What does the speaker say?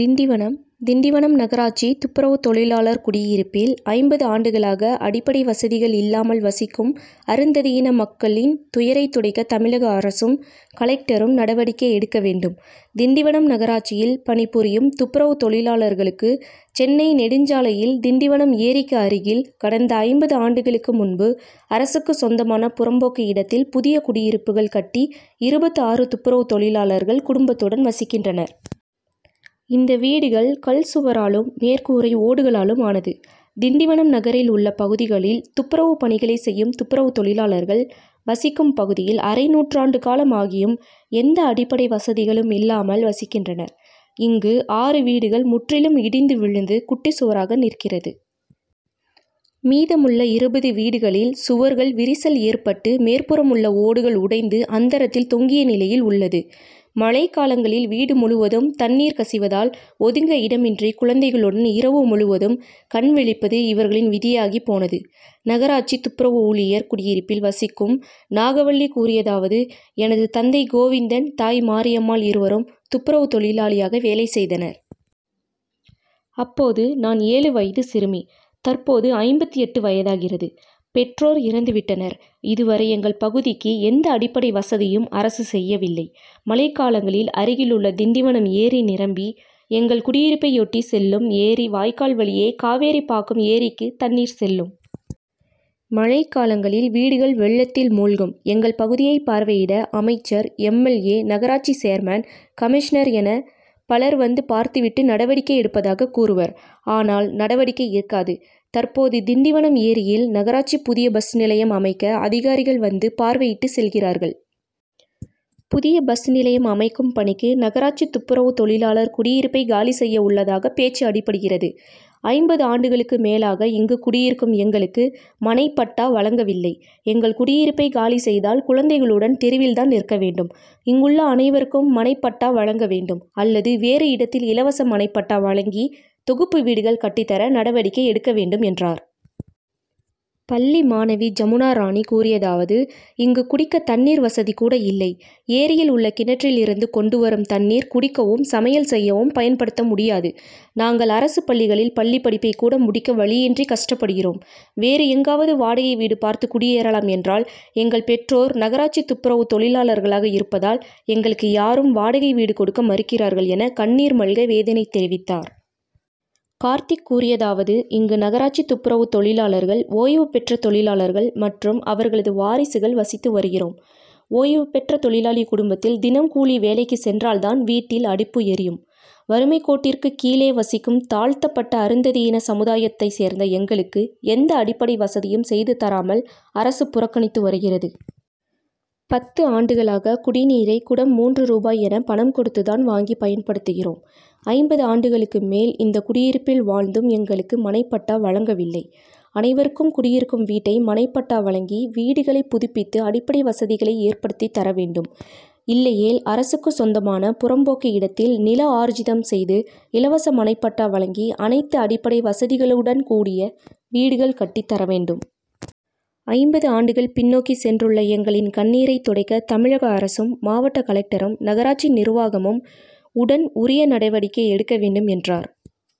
திண்டிவனம் திண்டிவனம் நகராட்சி துப்புரவு தொழிலாளர் குடியிருப்பில் ஐம்பது ஆண்டுகளாக அடிப்படை வசதிகள் இல்லாமல் வசிக்கும் அருந்ததியின மக்களின் துயரைத் துடைக்க தமிழக அரசும், கலெக்டரும் நடவடிக்கை எடுக்க வேண்டும். திண்டிவனம் நகராட்சியில் பணிபுரியும் துப்புரவு தொழிலாளர்களுக்கு சென்னை நெடுஞ்சாலையில் திண்டிவனம் ஏரிக்கு அருகில் கடந்த ஐம்பது ஆண்டுகளுக்கு முன்பு அரசுக்குச் சொந்தமான புறம்போக்கு இடத்தில் புதிய குடியிருப்புகள் கட்டி இருபத்து ஆறு துப்புரவு தொழிலாளர்கள் குடும்பத்துடன் வசிக்கின்றனர். இந்த வீடுகள் கல் சுவராலும், மேற்கூரை ஓடுகளாலும் ஆனது. திண்டிவனம் நகரில் உள்ள பகுதிகளில் துப்புரவு பணிகளை செய்யும் துப்புரவு தொழிலாளர்கள் வசிக்கும் பகுதியில் அரை நூற்றாண்டு காலம் ஆகியும் எந்த அடிப்படை வசதிகளும் இல்லாமல் வசிக்கின்றனர். இங்கு ஆறு வீடுகள் முற்றிலும் இடிந்து விழுந்து குட்டிச் சுவராக நிற்கிறது. மீதமுள்ள இருபது வீடுகளில் சுவர்கள் விரிசல் ஏற்பட்டு மேற்புறம் உள்ள ஓடுகள் உடைந்து அந்தரத்தில் தொங்கிய நிலையில் உள்ளது. மழைக்காலங்களில் வீடு முழுவதும் தண்ணீர் கசிவதால் ஒதுங்க இடமின்றி குழந்தைகளுடன் இரவு முழுவதும் கண் விழிப்பது இவர்களின் விதியாகிப் போனது. நகராட்சி துப்புரவு ஊழியர் குடியிருப்பில் வசிக் கும் நாகவள்ளி கூறியதாவது எனது தந்தை கோவிந்தன், தாய் மரியம்மாள் இருவரும் துப்புரவு தொழிலாளியாக வேலை செய்தனர். அப்போது நான் ஏழு வயது சிறுமி தற்போது ஐம்பத்து எட்டு வயதாகிறது. பெற்றோர் இறந்து விட்டனர். இது வரை எங்கள் பகுதிக்கு எந்த அடிப்படை வசதியும் அரசு செய்யவில்லை. மழைக் காலங்களில் அருகிலுள்ள திண்டிவனம் ஏரி நிரம்பி, எங்கள் குடியிருப்பையொட்டிச் செல்லும் ஏரி வாய்க்கால் வழியே காவேரிப் பாக்கம் ஏரிக்கு தண்ணீர் செல்லும். மழைக்காலங்களில் வீடுகள் வெள்ளத்தில் மூழ்கும். எங்கள் பகுதியை பார்வையிட அமைச்சர், எம். எல். ஏ., நகராட்சி சேர்மன், கமிஷனர் என பலர் வந்து பார்த்து விட்டு நடவடிக்கை எடுப்பதாக கூறுவர். ஆனால் நடவடிக்கை இருக்காது. தற்போது திண்டிவனம் ஏரியில் நகராட்சி புதிய பஸ் நிலையம் அமைக்க அதிகாரிகள் வந்து பார்வையிட்டு செல்கிறார்கள். புதிய பஸ் நிலையம் அமைக்கும் பணிக்கு நகராட்சி துப்புரவு தொழிலாளர் குடியிருப்பை காலி செய்ய உள்ளதாக பேச்சு அடிபடுகிறது. ஐம்பது ஆண்டுகளுக்கு மேலாக இங்கு குடியிருக்கும் எங்களுக்கு மனைப்பட்டா வழங்கவில்லை. எங்கள் குடியிருப்பை காலி செய்தால் குழந்தைகளுடன் தெருவில் தான் நிற்க வேண்டும். இங்குள்ள அனைவருக்கும் மனைப்பட்டா வழங்க வேண்டும், அல்லது வேறு இடத்தில் இலவச மனைப்பட்டா வழங்கி, தொகுப்பு வீடுகள் கட்டித் தர நடவடிக்கை எடுக்க வேண்டும் என்றார். பள்ளி மாணவி ஜமுனாராணி கூறியதாவது: இங்கு குடிக்க தண்ணீர் வசதிகூட இல்லை. ஏரியில் உள்ள கிணற்றில் இருந்து கொண்டு வரும் தண்ணீர் குடிக்கவும், சமையல் செய்யவும் பயன் படுத்த முடியாது. நாங்கள் அரசுப் பள்ளிகளில் பள்ளிப் படிப்பைக் கூட முடிக்க வழியின்றி கஷ்டப்படுகிறோம். வேறு எங்காவது வாடகை வீடு பார்த்து குடியேறலாம் என்றால் எங்கள் பெற்றோர் நகராட்சி துப்புரவு தொழிலாளர்களாக இருப்பதால் எங்களுக்கு யாரும் வாடகை வீடு கொடுக்க மறுக்கிறார்கள் என கண்ணீர் மல்க வேதனை தெரிவித்தார். கார்த்திக் கூறியதாவது இங்கு நகராட்சி துப்புரவு தொழிலாளர்கள், ஓய்வு பெற்ற தொழிலாளர்கள் மற்றும் அவர்களது வாரிசுகள் வசித்து வருகிறோம். ஓய்வுபெற்ற தொழிலாளி குடும்பத்தில் தினம் கூலி வேலைக்குச் சென்றால் தான் வீட்டில் அடுப்பு எரியும். வறுமைக்கோட்டிற்கு கீழே வசிக்கும் தாழ்த்தப்பட்ட அருந்ததியின சமுதாயத் தைச்சேர்ந்த எங்களுக்கு எந்த அடிப்படை வசதியும் செய்து தராமல் அரசு புறக்கணித்து வருகிறது. பத்து ஆண்டுகளாக குடிநீரை குடம் மூன்று ரூபாய் என பணம் கொடுத்து தான் வாங்கி பயன்படுத்துகிறோம். ஐம்பது ஆண்டுகளுக்கு மேல் இந்த குடியிருப்பில் வாழ்ந்தும் எங்களுக்கு மனைப்பட்டா வழங்கவில்லை. அனைவருக்கும் குடியிருக்கும் வீட்டை மனைப்பட்டா வழங்கி வீடுகளை புதுப்பித்து அடிப்படை வசதிகளை ஏற்படுத்தி தரவேண்டும். இல்லையேல் அரசுக்குச் சொந்தமான புறம்போக்கு இடத்தில் நிலஆர்ஜிதம் செய்து, இலவச மனைப்பட்டா வழங்கி அனைத்து அடிப்படை வசதிகளுடன் கூடிய வீடுகள் கட்டித்தர வேண்டும். ஐம்பது ஆண்டுகள் பின்னோக்கிச் சென்றுள்ள எங்களின் கண்ணீரை துடைக்க தமிழக அரசும், மாவட்ட கலெக்டரும், நகராட்சி நிர்வாகமும் உடன் உரிய நடவடிக்கை எடுக்க வேண்டும் என்றார்.